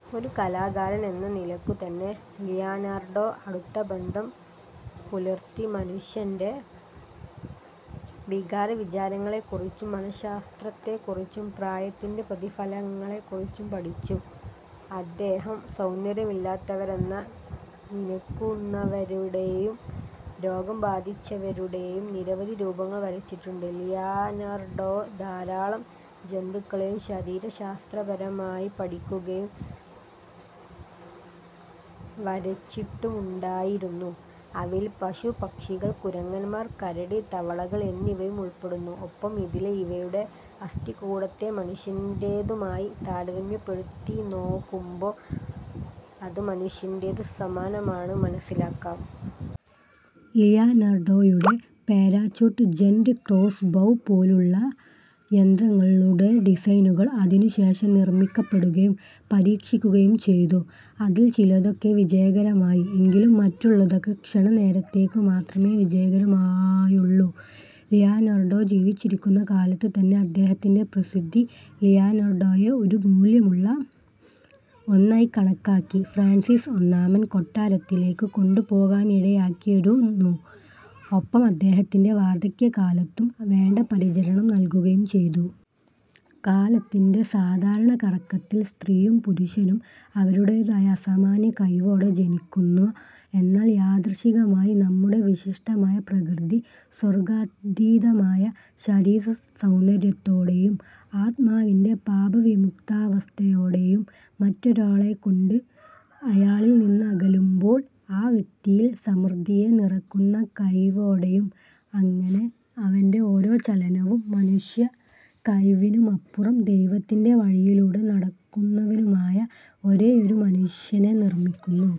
ഒരു കലാകാരൻ എന്ന നിലക്കു തന്നെ, ലിയനാർഡോ അടുത്തബന്ധം പുലർത്തി, മനുഷ്യന്റെ വികാരവിചാരങ്ങളെകുറിച്ചും, മനഃശാസ്ത്രത്തെകുറിച്ചും, പ്രായത്തിന്റെ പ്രതിഫലങ്ങളെകുറിച്ചും പഠിച്ചു. അദ്ദേഹം സൗന്ദര്യമില്ലാത്തവരെന്ന നിനക്കുന്നവരുടേയും, രോഗം ബാധിച്ചവരുടേയും നിരവധി രൂപങ്ങൾ വരച്ചിട്ടുണ്ട്. ലിയനാർഡോ ധാരാളം ജന്തുക്കളേയുംശരീരശാസ്ത്രപരമായി പഠിക്കുകയും, വരച്ചിട്ടുമുണ്ടായിരുന്നു, അവയിൽ പശു, പക്ഷികൾ, കുരങ്ങന്മാർ, കരടി, തവളകൾ എന്നിവയും ഉൾപ്പെടുന്നു, ഒപ്പം ഇതിലെ ഇവയുടെ അസ്ഥികൂടത്തെ മനുഷ്യന്റേതുമായി താരതമ്യപ്പെടുത്തിനോക്കുമ്പോൾ അത് മനുഷ്യന്റേത് സമാനമാണ് മനസ്സിലാക്കാം. ലിയനാർഡോയുടെ പാരച്യൂട്ട്, ജൈന്റ് ക്രോസ്സ് ബൗ പോലുള്ള യന്ത്രങ്ങളുടെ ഡിസൈനുകൾ അതിനുശേഷം നിർമ്മിക്കപ്പെടുകയും, പരീക്ഷിക്കുകയും ചെയ്തു. അതിൽ ചിലതൊക്കെ വിജയകരമായി, എങ്കിലും മറ്റുള്ളതൊക്കെ ക്ഷണനേരത്തേക്ക് മാത്രമേ വിജയകരമായുള്ളൂ. ലിയനാർഡോ ജീവിച്ചിരിക്കുന്ന കാലത്ത് തന്നെ അദ്ദേഹത്തിന്റെ പ്രസിദ്ധി, ലിയനാർഡോയെ ഒരു മൂല്ല്യമുള്ള ഒന്നായി കണക്കാക്കി ഫ്രാൻസിസ് ഒന്നാമൻ കൊട്ടാരത്തിലേക്ക് കൊണ്ടുപോകാനിടയാക്കിയിരുന്നു, ഒപ്പം അദ്ദേഹത്തിന്റെ വാർദ്ധക്യകാലത്തും വേണ്ട പരിചരണം നൽകുകയും ചെയ്തു. കാലത്തിന്റെ സാധാരണ കറക്കത്തിൽ സ്ത്രീയും, പുരുഷനും, അവരുടേതായ അസാമാന്യ കഴിവോടെ ജനിക്കുന്ന, എന്നാൽ യാദൃച്ഛികമായി നമ്മുടെ വിശിഷ്ടമായ പ്രകൃതി, സ്വർഗ്ഗാതീതമായ ശരീരസൗന്തര്യത്തോടേയും, ആത്മാവിന്റെ പാപവിമുക്താവസ്ഥയോടേയും, മറ്റൊരാളെ കണ്ട് അയാളിൽ നിന്നകലുമ്പോൾ ആ വ്യക്തിയിൽ സമൃദ്ധിയെ നിറക്കുന്ന കഴിവോടേയും, അങ്ങനെ അവന്റെ ഓരോ ചലനവും, മനുഷ്യ കഴിവിനുമപ്പുറം ദൈവത്തിന്റെ വഴിയിലൂടെ നടക്കുന്നവനുമായ ഒരേയൊരു മനുഷ്യനെ നിർമ്മിക്കുന്നു.